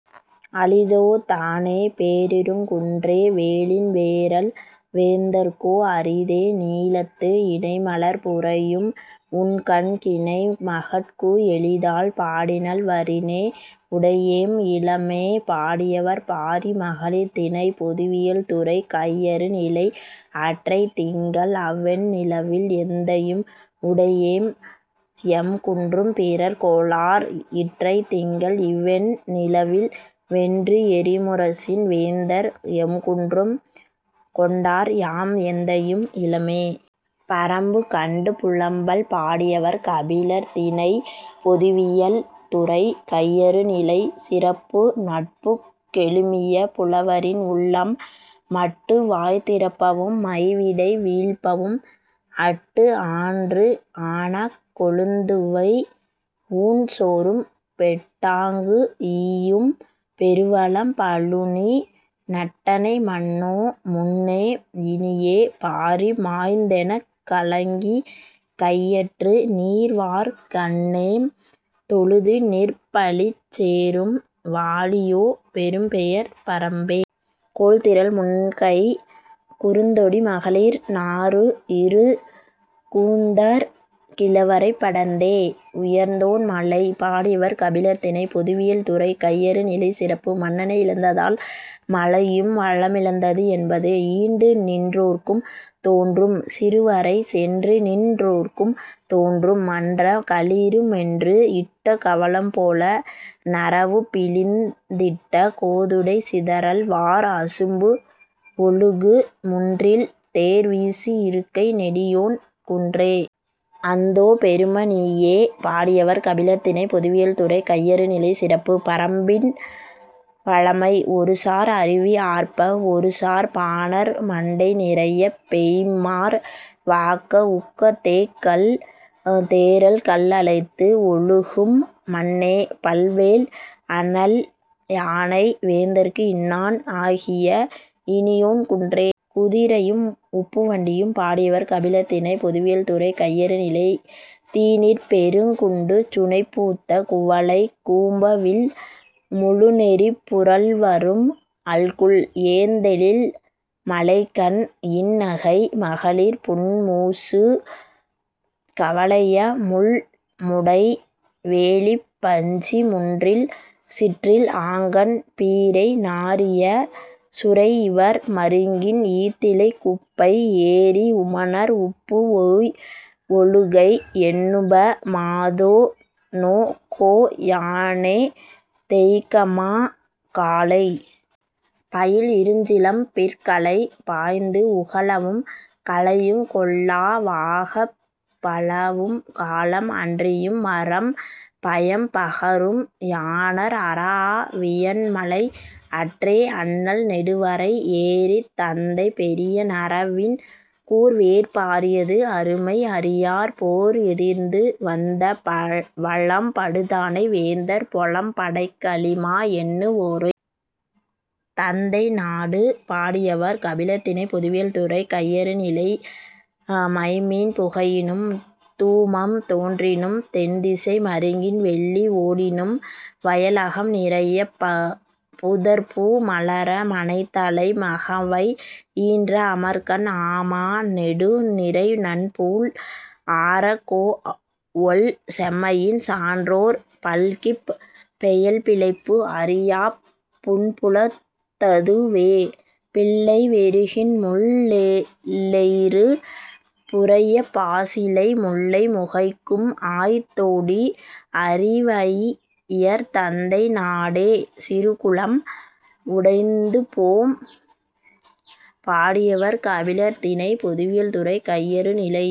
அளிதோ தானே, பேரிருங் குன்றே! வேலின் வேறல் வேந்தர்க்கோ அரிதே; நீலத்து, இணை மலர் புரையும் உண்கண் கிணை மகட்கு எளிதால், பாடினள் வரினே.. உடையேம் இலமே! பாடியவர்: பாரி மகளிர் திணை: பொதுவியல் துறை: கையறு நிலை அற்றைத் திங்கள் அவ் வெண் நிலவில், எந்தையும் உடையேம்; எம் குன்றும் பிறர் கொளார்; இற்றைத் திங்கள் இவ் வெண் நிலவில், வென்று எறி முரசின் வேந்தர் எம் குன்றும் கொண்டார்; யாம் எந்தையும் இலமே!. பறம்பு கண்டு புலம்பல்! பாடியவர்: கபிலர். திணை: பொதுவியல். துறை: கையறுநிலை. சிறப்பு: நட்புக் கெழுமிய புலவரின் உள்ளம். மட்டு வாய் திறப்பவும், மை விடை வீழ்ப்பவும், அட்டு ஆன்று ஆனாக் கொழுந் துவை ஊன் சோறும் பெட்டாங்கு ஈயும் பெருவளம் பழுனி, நட்டனை மன்னோ, முன்னே; இனியே, பாரி மாய்ந்தெனக், கலங்கிக் கையற்று, நீர் வார் கண்ணேம் தொழுது நிற் பழிச்சிச் சேறும் வாழியோ பெரும்பெயர்ப் பறம்பே! கோல் திரள் முன்கைக் குறுந் தொடி மகளிர் நாறு இருங் கூந்தற் கிழவரைப் படர்ந்தே.. உயர்ந்தோன் மலை! பாடியவர்: கபிலர் திணை: பொதுவியல் துறை: கையறுநிலை சிறப்பு: மன்னனை இழந்ததால் மலையும் வளமிழந்தது என்பது. ஈண்டு நின் றோர்க்கும் தோன்றும்; சிறு வரை சென்று நின் றோர்க்கும் தோன்றும், மன்ற; களிறு மென்று இட்ட கவளம் போல, நறவுப் பிழிந் திட்ட கோதுடைச் சிதறல் வார் அசும்பு ஒழுகு முன்றில், தேர் வீசு இருக்கை, நெடியோன் குன்றே.. அந்தோ பெரும நீயே! பாடியவர்: கபிலர் திணை: பொதுவியல் துறை: கையறுநிலை சிறப்பு: பறம்பின் வளமை. ஒரு சார் அருவி ஆர்ப்ப, ஒரு சார் பாணர் மண்டை நிறையப் பெய்ம்மார், வாக்க உக்க தேக் கள் தேறல் கல்அலைத்து ஒழுகும் மன்னே! பல் வேல், அண்ணல் யானை, வேந்தர்க்கு இன்னான் ஆகிய இனியோன் குன்றே!. குதிரையும் உப்புவண்டியும்! பாடியவர்: கபிலர் திணை: பொதுவியல் துறை: கையறுநிலை தீநீர்ப் பெருங் குண்டு சுனைப் பூத்த குவளைக் கூம்பவிழ் முழுநெறி புரள்வரும் அல்குல், ஏந்தெழில் மழைக் கண், இன் நகை, மகளிர் புன் மூசு கவலைய முள் முடை வேலிப், பஞ்சி முன்றில், சிற்றில் ஆங்கண், பீரை நாறிய சுரை இவர் மருங்கின், ஈத்திலைக் குப்பை ஏறி உமணர் உப்பு ஓய் ஒழுகை எண்ணுப மாதோ; நோகோ யானே; தேய்கமா காலை! பயில் இருஞ் சிலம்பிற் கலை பாய்ந்து உகளவும், கலையுங் கொள்ளா வாகப், பலவும் காலம் அன்றியும் மரம் பயம் பகரும் யாணர் அறாஅ வியன்மலை அற்றே அண்ணல் நெடுவரை ஏறித், தந்தை பெரிய நறவின், கூர் வேற் பாரியது அருமை அறியார் போர் எதிர்ந்து வந்த வலம் படுதானை வேந்தர் பொலம் படைக் கலிமா எண்ணு வோரே.. தந்தை நாடு! பாடியவர்: கபிலர் திணை: பொதுவியல் துறை: கையறுநிலை மைம் மீன் புகையினும், தூமம் தோன்றினும், தென் திசை மருங்கின் வெள்ளி ஓடினும், வயல்அகம் நிறையப், புதற்பூ மலர, மனைத்தலை மகவை ஈன்ற அமர்க்கண் ஆமா நெடு நிறை நன்புல் ஆரக், கோஒல் செம்மையின் சான்றோர் பல்கிப், பெயல் பிழைப்பு அறியாப் புன்புலத் ததுவே; பிள்ளை வெருகின் முள் லெயிறு புரையப் பாசிலை முல்லை முகைக்கும் ஆய் தொடி அரிவையர் தந்தை நாடே.. சிறுகுளம் உடைந்துபோம்! பாடியவர்: கபிலர் திணை: பொதுவியல் துறை: கையறுநிலை